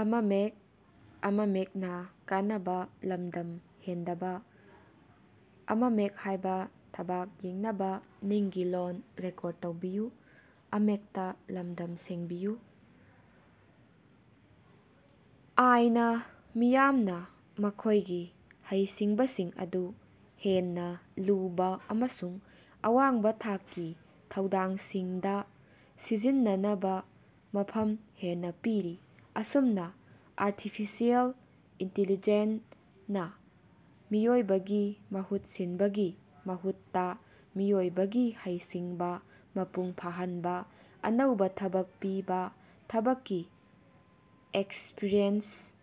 ꯑꯥꯏ. ꯅ ꯃꯤꯌꯥꯝꯅ ꯃꯈꯣꯏꯒꯤ ꯍꯩꯁꯤꯡꯕꯁꯤꯡ ꯑꯗꯨ ꯍꯦꯟꯅ ꯂꯨꯕ ꯑꯃꯁꯨꯡ ꯑꯋꯥꯡꯕ ꯊꯥꯛꯀꯤ ꯊꯧꯗꯥꯡꯁꯤꯡꯗ ꯁꯤꯖꯤꯟꯅꯅꯕ ꯃꯐꯝ ꯍꯦꯟꯅ ꯄꯤꯔꯤ꯫ ꯑꯁꯨꯝꯅ ꯑꯥꯔꯇꯤꯐꯤꯁꯦꯜ ꯏꯟꯇꯤꯂꯤꯖꯦꯟ ꯅ ꯃꯤꯑꯣꯏꯕꯒꯤ ꯃꯍꯨꯠ ꯁꯤꯟꯕꯒꯤ ꯃꯍꯨꯠꯇ ꯃꯤꯑꯣꯏꯕꯒꯤ ꯍꯩꯁꯤꯡꯕ ꯃꯄꯨꯡ ꯐꯥꯍꯟꯕ, ꯑꯅꯧꯕ ꯊꯕꯛ ꯄꯤꯕ, ꯊꯕꯛꯀꯤ ꯑꯦꯛꯁꯄ꯭ꯔꯤꯌꯦꯟꯁ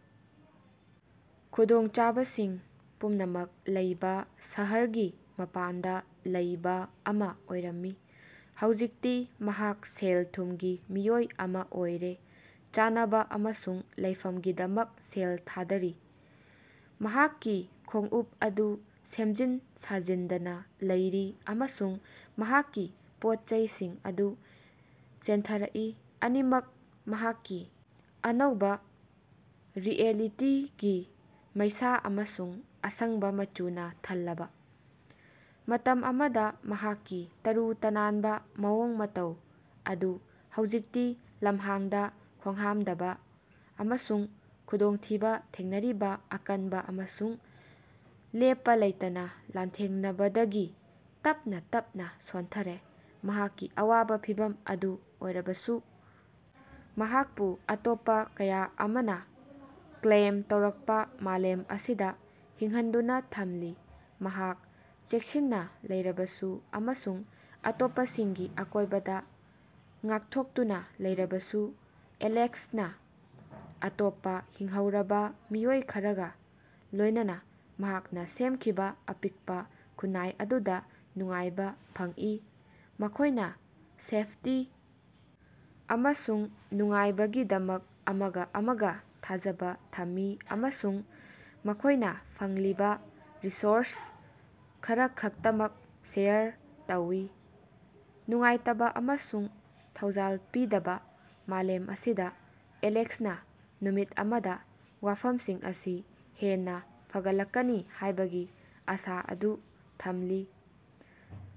ꯈꯨꯗꯣꯡꯆꯥꯕꯁꯤꯡ ꯄꯨꯝꯅꯃꯛ ꯂꯩꯕ ꯁꯍꯔꯒꯤ ꯃꯄꯥꯟꯗ ꯂꯩꯕ ꯑꯃ ꯑꯣꯏꯔꯝꯃꯤ, ꯍꯧꯖꯤꯛꯇꯤ ꯃꯍꯥꯛ ꯁꯦꯜ ꯊꯨꯝꯒꯤ ꯃꯤꯑꯣꯏ ꯑꯃ ꯑꯣꯏꯔꯦ, ꯆꯥꯅꯕ ꯑꯃꯁꯨꯡ ꯂꯩꯐꯝꯒꯤꯗꯃꯛ ꯁꯦꯜ ꯊꯥꯗꯔꯤ꯫ ꯃꯍꯥꯛꯀꯤ ꯈꯣꯡꯎꯞ ꯑꯗꯨ ꯁꯦꯝꯖꯤꯟ ꯁꯥꯖꯤꯟꯗꯅ ꯂꯩꯔꯤ ꯑꯃꯁꯨꯡ ꯃꯍꯥꯛꯀꯤ ꯄꯣꯠꯆꯩꯁꯤꯡ ꯑꯗꯨ ꯆꯦꯟꯊꯔꯛꯏ, ꯑꯅꯤꯃꯛ ꯃꯍꯥꯛꯀꯤ ꯑꯅꯧꯕ ꯔꯤꯑꯦꯂꯤꯇꯤꯒꯤ ꯃꯩꯁꯥ ꯑꯃꯁꯨꯡ ꯑꯁꯪꯕ ꯃꯆꯨꯅ ꯊꯜꯂꯕ꯫ ꯃꯇꯝ ꯑꯃꯗ ꯃꯍꯥꯛꯀꯤ ꯇꯔꯨ ꯇꯅꯥꯟꯕ ꯃꯑꯣꯡ ꯃꯇꯧ ꯑꯗꯨ ꯍꯧꯖꯤꯛꯇꯤ ꯂꯝꯍꯥꯡꯗ ꯈꯣꯡꯍꯥꯝꯗꯕ ꯑꯃꯁꯨꯡ ꯈꯨꯗꯣꯡꯊꯤꯕ ꯊꯦꯡꯅꯔꯤꯕ ꯑꯀꯟꯕ ꯑꯃꯁꯨꯡ ꯂꯦꯞꯄ ꯂꯩꯇꯅ ꯂꯥꯟꯊꯦꯡꯅꯕꯗꯒꯤ ꯇꯞꯅ-ꯇꯞꯅ ꯁꯣꯟꯊꯔꯦ꯫ ꯃꯍꯥꯛꯀꯤ ꯑꯋꯥꯕ ꯐꯤꯚꯝ ꯑꯗꯨ ꯑꯣꯏꯔꯕꯁꯨ, ꯃꯍꯥꯛꯄꯨ ꯑꯇꯣꯞꯄ ꯀꯌꯥ ꯑꯃꯅ ꯀ꯭ꯂꯦꯝ ꯇꯧꯔꯛꯄ ꯃꯥꯂꯦꯝ ꯑꯁꯤꯗ ꯍꯤꯡꯍꯟꯗꯨꯅ ꯊꯝꯂꯤ꯫ ꯃꯍꯥꯛ ꯆꯦꯛꯁꯤꯟꯅ ꯂꯩꯔꯕꯁꯨ ꯑꯃꯁꯨꯡ ꯑꯇꯣꯞꯄꯁꯤꯡꯒꯤ ꯑꯀꯣꯏꯕꯗ ꯉꯥꯛꯊꯣꯛꯇꯨꯅ ꯂꯩꯔꯕꯁꯨ, ꯑꯦꯂꯦꯛꯁꯅ ꯑꯇꯣꯞꯄ ꯍꯤꯡꯍꯧꯔꯕ ꯃꯤꯑꯣꯏ ꯈꯔꯒ ꯂꯣꯏꯅꯅ ꯃꯍꯥꯛꯅ ꯁꯦꯝꯈꯤꯕ ꯑꯄꯤꯛꯄ ꯈꯨꯟꯅꯥꯏ ꯑꯗꯨꯗ ꯅꯨꯡꯉꯥꯏꯕ ꯐꯪꯏ꯫ ꯃꯈꯣꯏꯅ ꯁꯦꯐꯇꯤ ꯑꯃꯁꯨꯡ ꯅꯨꯡꯉꯥꯏꯕꯒꯤꯗꯃꯛ ꯑꯃꯒ-ꯑꯃꯒ ꯊꯥꯖꯕ ꯊꯝꯃꯤ, ꯑꯃꯁꯨꯡ ꯃꯈꯣꯏꯅ ꯐꯪꯂꯤꯕ ꯔꯤꯁꯣꯔꯁ ꯈꯔꯈꯛꯇꯃꯛ ꯁꯦꯌꯔ ꯇꯧꯏ꯫ ꯅꯨꯡꯉꯥꯏꯇꯕ ꯑꯃꯁꯨꯡ ꯊꯧꯖꯥꯜ ꯄꯤꯗꯕ ꯃꯥꯂꯦꯝ ꯑꯁꯤꯗ, ꯑꯦꯂꯦꯛꯁꯅ ꯅꯨꯃꯤꯠ ꯑꯃꯗ, ꯋꯥꯐꯝꯁꯤꯡ ꯑꯁꯤ ꯍꯦꯟꯅ ꯐꯒꯠꯂꯛꯀꯅꯤ ꯍꯥꯏꯕꯒꯤ ꯑꯁꯥ ꯑꯗꯨ ꯊꯝꯂꯤ꯫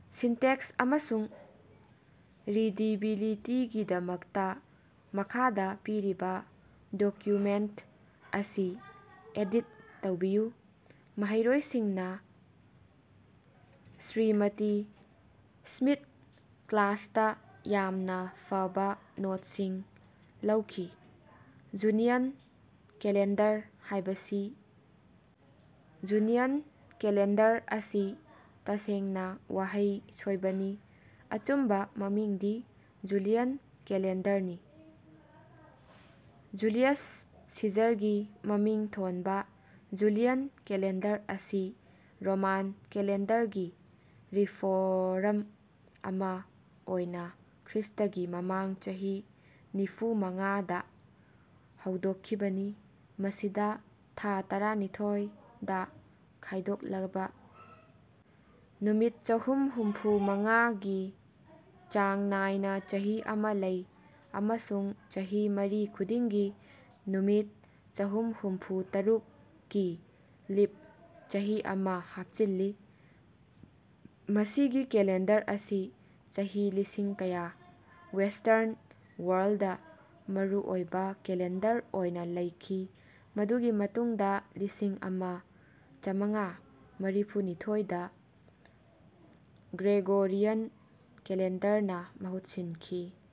ꯁꯤꯟꯇꯦꯛꯁ ꯑꯃꯁꯨꯡ ꯔꯤꯗꯤꯕꯤꯂꯤꯇꯤꯒꯤꯗꯃꯛꯇꯥ ꯃꯈꯥꯗ ꯄꯤꯔꯤꯕ ꯗꯣꯀ꯭ꯌꯨꯃꯦꯟꯠ ꯑꯁꯤ ꯑꯦꯗꯤꯠ ꯇꯧꯕꯤꯌꯨ: ꯃꯍꯩꯔꯣꯏꯁꯤꯡꯅ ꯁ꯭ꯔꯤꯃꯇꯤ ꯁ꯭ꯃꯤꯊ ꯀ꯭ꯂꯥꯁꯇꯥ ꯌꯥꯝꯅ ꯐꯕ ꯅꯣꯠꯁꯤꯡ ꯂꯧꯈꯤ꯫ ꯖꯨꯅꯤꯌꯟ ꯀꯦꯂꯦꯟꯗꯔ ꯍꯥꯏꯕꯁꯤ ꯖꯨꯅꯤꯌꯟ ꯀꯦꯂꯦꯟꯗꯔ ꯑꯁꯤ ꯇꯁꯦꯡꯅ ꯋꯥꯍꯩ ꯁꯣꯏꯕꯅꯤ ꯑꯆꯨꯝꯕ ꯃꯃꯤꯡꯗꯤ ꯖꯨꯂꯤꯌꯟ ꯀꯦꯂꯦꯟꯗꯔꯅꯤ꯫ ꯖꯨꯂꯤꯌꯁ ꯁꯤꯖꯔꯒꯤ ꯃꯃꯤꯡ ꯊꯣꯟꯕ ꯖꯨꯂꯤꯌꯟ ꯀꯦꯂꯦꯟꯗꯔ ꯑꯁꯤ ꯔꯣꯃꯥꯟ ꯀꯦꯂꯦꯟꯗꯔꯒꯤ ꯔꯤꯐꯣꯔꯝ ꯑꯃ ꯑꯣꯏꯅ ꯈ꯭ꯔꯤꯁꯇꯒꯤ ꯃꯃꯥꯡ ꯆꯍꯤ ꯅꯤꯐꯨꯃꯉꯥ ꯗ ꯍꯧꯗꯣꯛꯈꯤꯕꯅꯤ꯫ ꯃꯁꯤꯗ ꯊꯥ ꯇꯔꯥꯅꯤꯊꯣꯏ ꯗ ꯈꯥꯏꯗꯣꯛꯂꯕ ꯅꯨꯃꯤꯠ ꯆꯍꯨꯝꯍꯨꯝꯐꯨ-ꯃꯉꯥ ꯒꯤ ꯆꯥꯡ ꯅꯥꯏꯅ ꯆꯍꯤ ꯑꯃ ꯂꯩ, ꯑꯃꯁꯨꯡ ꯆꯍꯤ ꯃꯔꯤ ꯈꯨꯗꯤꯡꯒꯤ ꯅꯨꯃꯤꯠ ꯆꯍꯨꯝꯍꯨꯝꯐꯨ-ꯇꯔꯨꯛ ꯀꯤ ꯂꯤꯞ ꯆꯍꯤ ꯑꯃ ꯍꯥꯞꯆꯤꯟꯂꯤ꯫ ꯃꯁꯤꯒꯤ ꯀꯦꯂꯦꯟꯗꯔ ꯑꯁꯤ ꯆꯍꯤ ꯂꯤꯁꯤꯡ ꯀꯌꯥ ꯋꯦꯁ꯭ꯇꯔꯟ ꯋꯥꯔꯜꯗ ꯃꯔꯨ ꯑꯣꯏꯕ ꯀꯦꯂꯦꯟꯗꯔ ꯑꯣꯏꯅ ꯂꯩꯈꯤ, ꯃꯗꯨꯒꯤ ꯃꯇꯨꯡꯗ ꯂꯤꯁꯤꯡꯑꯃ ꯆꯃꯉꯥ ꯃꯔꯤꯐꯨꯅꯤꯊꯣꯏ ꯗ ꯒ꯭ꯔꯦꯒꯣꯔꯤꯌꯟ ꯀꯦꯂꯦꯟꯗꯔꯅ ꯃꯍꯨꯠ ꯁꯤꯟꯈꯤ꯫